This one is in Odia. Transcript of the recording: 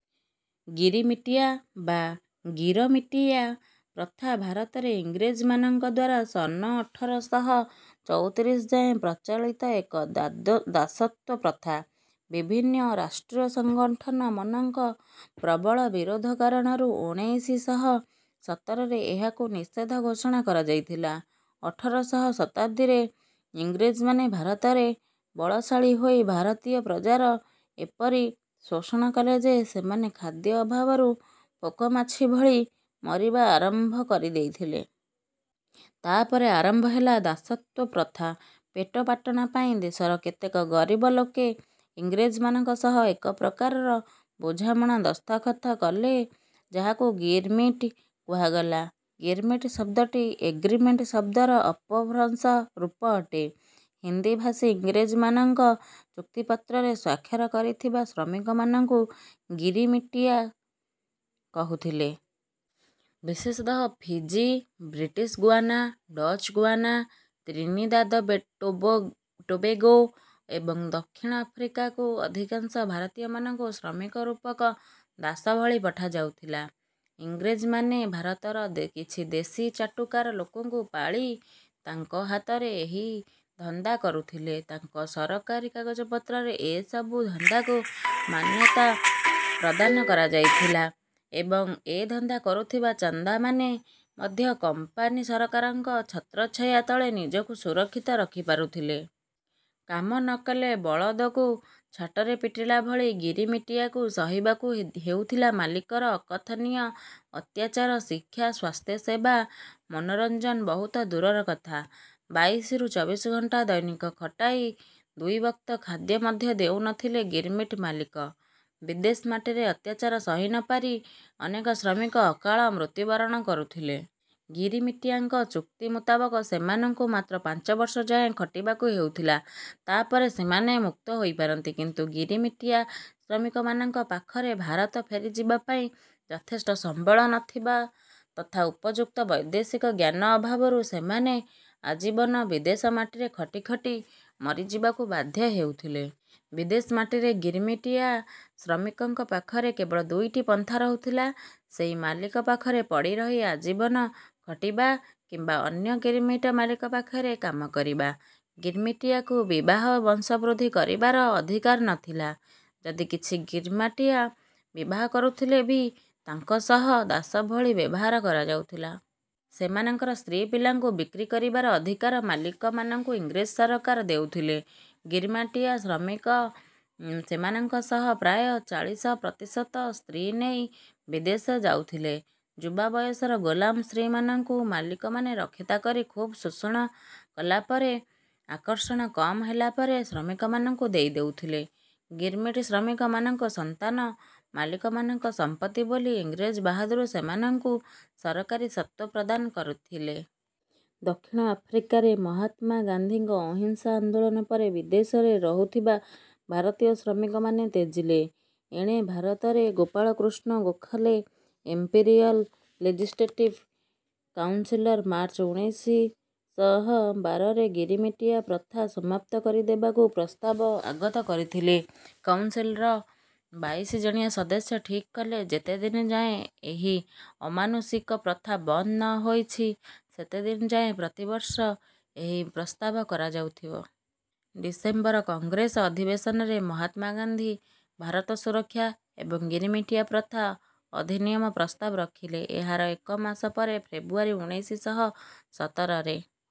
ଗିରିମିଟିଆ ବା ଗିରମିଟିୟା ପ୍ରଥା ଭାରତରେ ଇଂରେଜ ମାନଙ୍କଦ୍ୱାରା ସନ ଅଠର ଶହ ଚଉତିରିଶ ଯାଏଁ ପ୍ରଚଳିତ ଏକ ଦାସତ୍ୱ ପ୍ରଥା। ବିଭିନ୍ନ ରାଷ୍ଟ୍ରୀୟ ସଂଗଠନ ମନଙ୍କ ପ୍ରବଳ ବିରୋଧ କାରଣରୁ ଉଣେଇଶି ଶହ ସତର ରେ ଏହାକୁ ନିଷେଧ ଘୋଷଣା କରାଯାଇଥିଲା। ଅଠର ଶହ ଶତାବ୍ଦୀରେ ଇଂରେଜ ମାନେ ଭାରତରେ ବଳଶାଳୀ ହୋଇ ଭାରତୀୟ ପ୍ରଜାର ଏପରି ଶୋଷଣ କଲେ ଯେ ସେମାନେ ଖାଦ୍ୟ ଅଭାବରୁ ପୋକମାଛି ଭଳି ମରିବା ଆରମ୍ଭ କରିଦେଇଥିଲେ। ତାପରେ ଆରମ୍ଭ ହେଲା ଦାସତ୍ୱ ପ୍ରଥା। ପେଟପାଟଣା ପାଇଁ ଦେଶର କେତେକ ଗରିବ ଲୋକେ ଇଂରେଜ ମାନଙ୍କ ସହ ଏକ ପ୍ରକାରର ବୁଝାମଣା ଦସ୍ତଖତ କଲେ ଯାହାକୁ ଗିରମିଟ କୁହାଗଲା। ଗିରମିଟ ଶବ୍ଦଟି ଏଗ୍ରିମେଣ୍ଟ ଶବ୍ଦର ଅପଭ୍ରଂଶ ରୂପ ଅଟେ। ହିନ୍ଦୀଭାଷୀ ଇଂରେଜମାନଙ୍କ ଚୁକ୍ତିପତ୍ରରେ ସ୍ୱାକ୍ଷର କରିଥିବା ଶ୍ରମିକମାନଙ୍କୁ ଗିରିମିଟିୟା କହୁଥିଲେ। ବିଶେଷତଃ Fiji, British Guiana, Dutch Guiana, Trinidad Tobago ଏବଂ ଦକ୍ଷିଣ ଆଫ୍ରିକାକୁ ଅଧିକାଂଶ ଭାରତୀୟମାନଙ୍କୁ ଶ୍ରମିକ ରୂପକ ଦାସ ଭଳି ପାଠାଯାଉଥିଲା। ଇଂରେଜ ମାନେ ଭାରତର କିଛି ଦେଶୀ ଚାଟୁକାର ଲୋକଙ୍କୁ ପାଳି ତାଙ୍କ ହାତରେ ଏହିଧନ୍ଦା କରୁଥିଲେ। ତାଙ୍କ ସରକାରୀ କାଗଜପତ୍ରରେ ଏ ସବୁ ଧନ୍ଦାକୁ ମାନ୍ଯତା ପ୍ରଦାନ କରାଯାଇଥିଲା ଏବଂ ଏ ଧନ୍ଦା କରୁଥିବା ଚନ୍ଦାମାନେ ମଧ୍ୟ କମ୍ପାନୀ ସରକାରଙ୍କ ଛତ୍ରଛାୟା ତଳେ ନିଜକୁ ସୁରକ୍ଷିତ ରଖିପାରୁଥିଲେ। କାମ ନ କଲେ ବଳଦକୁ ଛାଟରେ ପିଟିଲା ଭଳି ଗିରି ମିଟିଆକୁ ସହିବାକୁ ହେଉଥିଲା ମାଲିକର ଅକଥନୀୟ ଅତ୍ୟାଚାର ଶିକ୍ଷା ସ୍ୱାସ୍ଥ୍ୟସେବା ମନୋରଂଜନ ବହୁତ ଦୂରର କଥା। ବାଇଶି ରୁ ଚବିଶ ଘଣ୍ଟା ଦୈନିକ ଖଟାଇ ଦୁଇ ବକ୍ତ ଖାଦ୍ୟ ମଧ୍ୟ ଦେଉନଥିଲେ ଗିରମିଟ ମାଲିକ। ବିଦେଶ ମାଟିରେ ଅତ୍ୟାଚାର ସହି ନ ପାରି ଅନେକ ଶ୍ରମିକ ଅକାଳ ମୃତ୍ୟୁବରଣ କରୁଥିଲେ। ଗିରମିଟିଆଙ୍କ ଚୁକ୍ତି ମୁତାବକ ସେମାନଙ୍କୁ ମାତ୍ର ପାଞ୍ଚବର୍ଷ ଯାଏଁ ଖଟିବାକୁ ହେଉଥିଲା। ତାପରେ ସେମାନେ ମୁକ୍ତ ହୋଇପାରନ୍ତି। କିନ୍ତୁ ଗିରମିଟିଆ ଶ୍ରମିକମାନଙ୍କ ପାଖରେଭାରତ ଫେରିଯିବା ପାଇଁ ଯଥେଷ୍ଟ ସମ୍ବଳ ନଥିବା ତଥା ଉପଯୁକ୍ତ ବୈଦେଶିକ ଜ୍ଞାନ ଅଭାବରୁ ସେମାନେ ଆଜୀବନ ବିଦେଶ ମାଟିରେ ଖଟି ଖଟି ମରିଯିବାକୁ ବାଧ୍ଯ ହେଉଥିଲେ। ବିଦେଶ ମାଟିରେ ଗିରମିଟିଆ ଶ୍ରମିକଙ୍କ ପାଖରେ କେବଳ ଦୁଇଟି ପନ୍ଥା ରହୁଥିଲାସେଇ ମାଲିକ ପାଖରେ ପଡିରହି ଆଜୀବନ ଖଟିବା କିମ୍ବା ଅନ୍ଯ ଗିରମିଟ ମାଲିକ ପାଖରେ କାମ କରିବା। ଗିରମିଟିଆକୁ ବିବାହ ବଂଶବୃଦ୍ଧି କରିବାର ଅଧିକାର ନଥିଲା। ଯଦି କିଛି ଗିରମାଟିଆ ବିବାହ କରୁଥିଲେ ବି ତାଙ୍କ ସହ ଦାସ ଭଳି ବ୍ଯବହାର କରାଯାଉଥିଲା। ସେମାନଙ୍କର ସ୍ତ୍ରୀ ପିଲାଙ୍କୁ ବିକ୍ରୀ କରିବାର ଅଧିକାର ମାଲିକମାନଙ୍କୁ ଇଂରେଜ ସରକାର ଦେଉଥିଲେ। ଗିରମାଟିଆ ଶ୍ରମିକ ସେମାନଙ୍କ ସହ ପ୍ରାୟଃ ଚାଳିସ ପ୍ରତିଶତ ସ୍ତ୍ରୀନେଇ ବିଦେଶ ଯାଉଥିଲେ। ଯୁବା ବୟସର ଗୋଲାମ ସ୍ତ୍ରୀମାନଙ୍କୁ ମାଲିକ ମାନେ ରକ୍ଷିତା କରି ଖୁବ ଶୋଷଣ କଲାପରେ ଆକର୍ଷଣ କମ ହେଲା ପରେ ଶ୍ରମିକମାନଙ୍କୁ ଦେଇଦେଉଥିଲେ ଗିରମିଟ ଶ୍ରମିକ ମାନଙ୍କ ସନ୍ତାନ ମାଲିକ ମାନଙ୍କ ସମ୍ପତ୍ତି ବୋଲି ଇଂରେଜ ବାହାଦୁର ସେମାନଙ୍କୁ ସରକାରୀ ସତ୍ତ୍ୱ ପ୍ରଦାନ କରୁଥିଲେ। ଦକ୍ଷିଣ ଆଫ୍ରିକାରେ ମହାତ୍ମା ଗାନ୍ଧୀଙ୍କ ଅହିଂସା ଆନ୍ଦୋଳନ ପରେ ବିଦେଶରେ ରହୁଥିବା ଭାରତୀୟ ଶ୍ରମିକ ମାନେ ତେଜିଲେ। ଏଣେ ଭାରତରେ ଗୋପାଳ କୃଷ୍ଣ ଗୋଖଲେ, ଇମ୍ପେରିୟଲ ଲେଜିସ୍ଲେଟିଭ କାଉନସିଲରେ ମାର୍ଚ୍ଚ ଉଣେଇଶି ଶହ ବାରରେ ଗିରମିଟିଆ ପ୍ରଥା ସମାପ୍ତ କରିଦେବାକୁ ପ୍ରସ୍ତାବ ଆଗତ କରିଥିଲେ। କାଉନସିଲର ବାଇଶି ଜଣିଆ ସଦସ୍ୟ ଠିକ କଲେ ଯେତେଦିନ ଯାଏଁ ଏହି ଅମାନୁଷିକ ପ୍ରଥା ବନ୍ଦ ନ ହୋଇଛି ସେତେଦିନ ଯାଏଁ ପ୍ରତିବର୍ଷ ଏହି ପ୍ରସ୍ତାବ କରାଯାଉଥିବ। ଡିସେମ୍ବର କଂଗ୍ରେସ ଅଧିବେଶନରେ ମହାତ୍ମା ଗାନ୍ଧୀ, ଭାରତ ସୁରକ୍ଷା ଏବଂ ଗିରମିଟିଆ ପ୍ରଥା ଅଧିନିୟମ ପ୍ରସ୍ତାବ ରଖିଲେ। ଏହାର ଏକ ମାସ ପରେ ଫେବୃଆରୀ ଉଣେଇଶି ଶହ ସତରରେ